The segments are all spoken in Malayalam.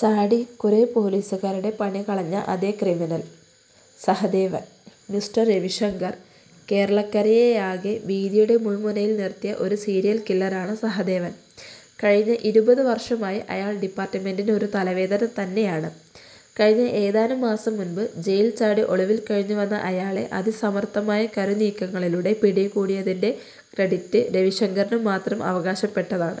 ചാടി കുറെ പൊലീസുകാരുടെ പണി കളഞ്ഞ അതേ ക്രിമിനൽ. സഹദേവൻ....! " "മിസ്റ്റർ രവിശങ്കർ, കേരളക്കരയെയാകെ ഭീതിയുടെ മുൾമുനയിൽ നിർത്തിയ ഒരു സീരിയൽ കില്ലറാണ് സഹദേവൻ. കഴിഞ്ഞ ഇരുപത് വർഷമായി അയാൾ ഡിപ്പാർട്മെന്റിന് ഒരു തലവേദന തന്നെയാണ്. കഴിഞ്ഞ ഏതാനും മാസം മുൻപ് ജയിൽ ചാടി ഒളിവിൽ കഴിഞ്ഞു വന്ന അയാളെ അതിസമർത്ഥമായ കരുനീക്കങ്ങളിലൂടെ പിടികൂടിയതിന്റെ ക്രെഡിറ്റ് രവിശങ്കറിന് മാത്രം അവകാശപ്പെട്ടതാണ്.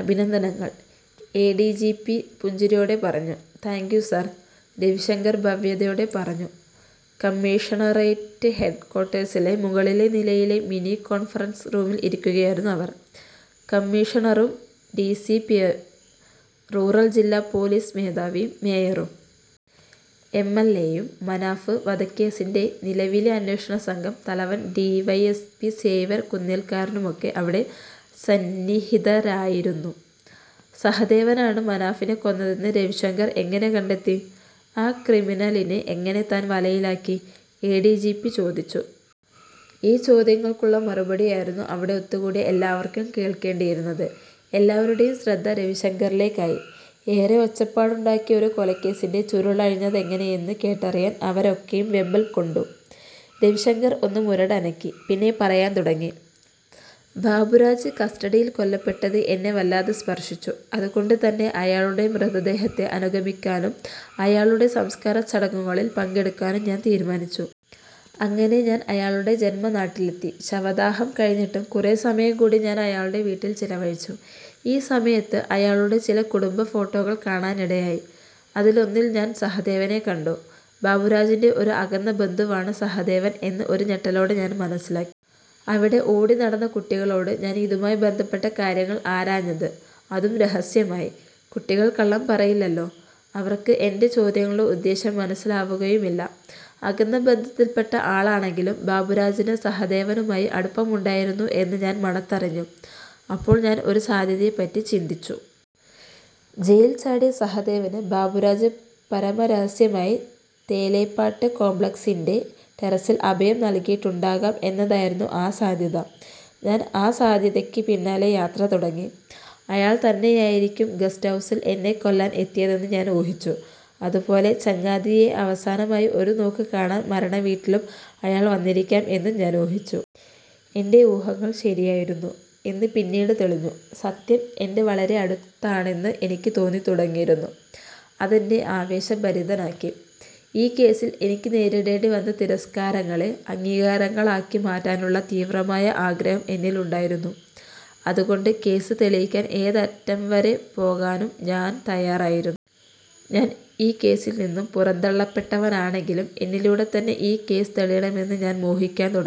അഭിനന്ദനങ്ങൾ! " എ. ഡി. ജി. പി പുഞ്ചിരിയോടെ പറഞ്ഞു. "താങ്ക്യൂ സർ... " രവിശങ്കർ ഭവ്യതയോടെ പറഞ്ഞു. കമ്മീഷണറേറ്റ് ഹെഡ് ക്വാർട്ടേഴ്സിലെ മുകളിലെ നിലയിലെ മിനി കോൺഫറൻസ് റൂമിൽ ഇരിക്കുകയായിരുന്നു അവർ. കമ്മീഷണറും, ഡി. സി. പിയും, റൂറൽ ജില്ലാ പോലീസ് മേധാവിയും, മേയറും. എം. എൽ. എയും, മനാഫ് വധക്കേസിന്റെ നിലവിലെ അന്വേഷണ സംഘം തലവൻ D. Y. S. P Xavier കുന്നേൽക്കാരനുമൊക്കെ അവിടെ സന്നിഹിതരായിരുന്നു. "സഹദേവനാണ് മനാഫിനെ കൊന്നതെന്ന് രവിശങ്കർ എങ്ങനെ കണ്ടെത്തി? ആ ക്രിമിനലിനെ എങ്ങനെ താൻ വലയിലാക്കി? " എ. ഡി. ജി. പി ചോദിച്ചു. ഈ ചോദ്യങ്ങൾക്കുള്ള മറുപടിയായിരുന്നു അവിടെ ഒത്തുകൂടിയ എല്ലാവർക്കും കേൾക്കേണ്ടിയിരുന്നത്. എല്ലാവരുടേയും ശ്രദ്ധ രവിശങ്കറിലേക്കായി. ഏറെ ഒച്ചപ്പാടുണ്ടാക്കിയ ഒരു കൊലക്കേസിന്റെ ചുരുളഴിഞ്ഞതെങ്ങനെയെന്ന് കേട്ടറിയാൻ അവരൊക്കെയും വെമ്പൽ കൊണ്ടു. രവിശങ്കർ ഒന്ന് മുരടനക്കി. പിന്നെ പറയാൻ തുടങ്ങി: "ബാബുരാജ് കസ്റ്റഡിയിൽ കൊല്ലപ്പെട്ടത് എന്നെ വല്ലാതെ സ്പർശിച്ചു. അതുകൊണ്ട് തന്നെ അയാളുടെ മൃതദേഹത്തെ അനുഗമിക്കാനും അയാളുടെ സംസ്ക്കാരച്ചടങ്ങുകളിൽ പങ്കെടുക്കാനും ഞാൻ തീരുമാനിച്ചു. അങ്ങനെ ഞാൻ അയാളുടെ ജന്മനാട്ടിലെത്തി. ശവദാഹം കഴിഞ്ഞിട്ടും കുറെ സമയം കൂടി ഞാൻ അയാളുടെ വീട്ടിൽ ചിലവഴിച്ചു. ഈ സമയത്ത് അയാളുടെ ചില കുടുംബ ഫോട്ടോകൾ കാണാനിടയായി. അതിലൊന്നിൽ ഞാൻ സഹദേവനെ കണ്ടു! ബാബുരാജിന്റെ ഒരു അകന്ന ബന്ധുവാണ് സഹദേവൻ എന്ന് ഒരു ഞെട്ടലോടെ ഞാൻ മനസ്സിലാക്കി. അവിടെ ഓടി നടന്ന കുട്ടികളോട് ഞാൻ ഇതുമായി ബന്ധപ്പെട്ട കാര്യങ്ങൾ ആരാഞ്ഞത്. അതും രഹസ്യമായി. കുട്ടികൾ കള്ളം പറയില്ലല്ലോ. അവർക്ക് എന്റെ ചോദ്യങ്ങളുടെ ഉദ്ദേശ്യം മനസ്സിലാവുകയുമില്ല. അകന്ന ബന്ധത്തിൽപ്പെട്ട ആളാണെങ്കിലും ബാബുരാജിന് സഹദേവനുമായി അടുപ്പമുണ്ടായിരുന്നു എന്ന് ഞാൻ മണത്തറിഞ്ഞു. അപ്പോൾ ഞാൻ ഒരു സാധ്യതയെപ്പറ്റി ചിന്തിച്ചു. ജയിൽ ചാടിയ സഹദേവന് ബാബുരാജ് പരമരഹസ്യമായി 'തേലേപ്പാട്ട് കോംപ്ലക്സി'ന്റെ ടെറസിൽ അഭയം നൽകിയിട്ടുണ്ടാകാം എന്നതായിരുന്നു ആ സാധ്യത. ഞാൻ ആ സാധ്യതക്ക് പിന്നാലെ യാത്ര തുടങ്ങി. അയാൾ തന്നെയായിരിക്കും ഗസ്റ്റ് ഹൌസിൽ എന്നെ കൊല്ലാൻ എത്തിയതെന്ന് ഞാൻ ഊഹിച്ചു. അതുപോലെ ചങ്ങാതിയെ അവസാനമായി ഒരു നോക്ക് കാണാൻ മരണവീട്ടിലും അയാൾ വന്നിരിക്കാം എന്നും ഞാൻ ഊഹിച്ചു. എന്റെ ഊഹങ്ങൾ ശരിയായിരുന്നു എന്ന് പിന്നീട് തെളിഞ്ഞു. സത്യം എന്റെ വളരെ അടുത്താണെന്ന് എനിക്ക് തോന്നിത്തുടങ്ങിയിരുന്നു. അതെന്നെ ആവേശഭരിതനാക്കി. ഈ കേസിൽ എനിക്ക് നേരിടേണ്ടി വന്ന തിരസ്ക്കാരങ്ങളെ അംഗീകാരങ്ങളാക്കി മാറ്റാനുള്ള തീവ്രമായ ആഗ്രഹം എന്നിലുണ്ടായിരുന്നു. അതുകൊണ്ട് കേസ് തെളിയിക്കാൻ ഏതറ്റം വരെ പോകാനും ഞാൻ തയ്യാറായിരുന്നു. ഞാൻ ഈ കേസിൽ നിന്നും പുറന്തള്ളപ്പെട്ടവനാണെങ്കിലും എന്നിലൂടെത്തന്നെ ഈ കേസ് തെളിയണമെന്ന് ഞാൻ മോഹിക്കാൻ തുടങ്ങി. "।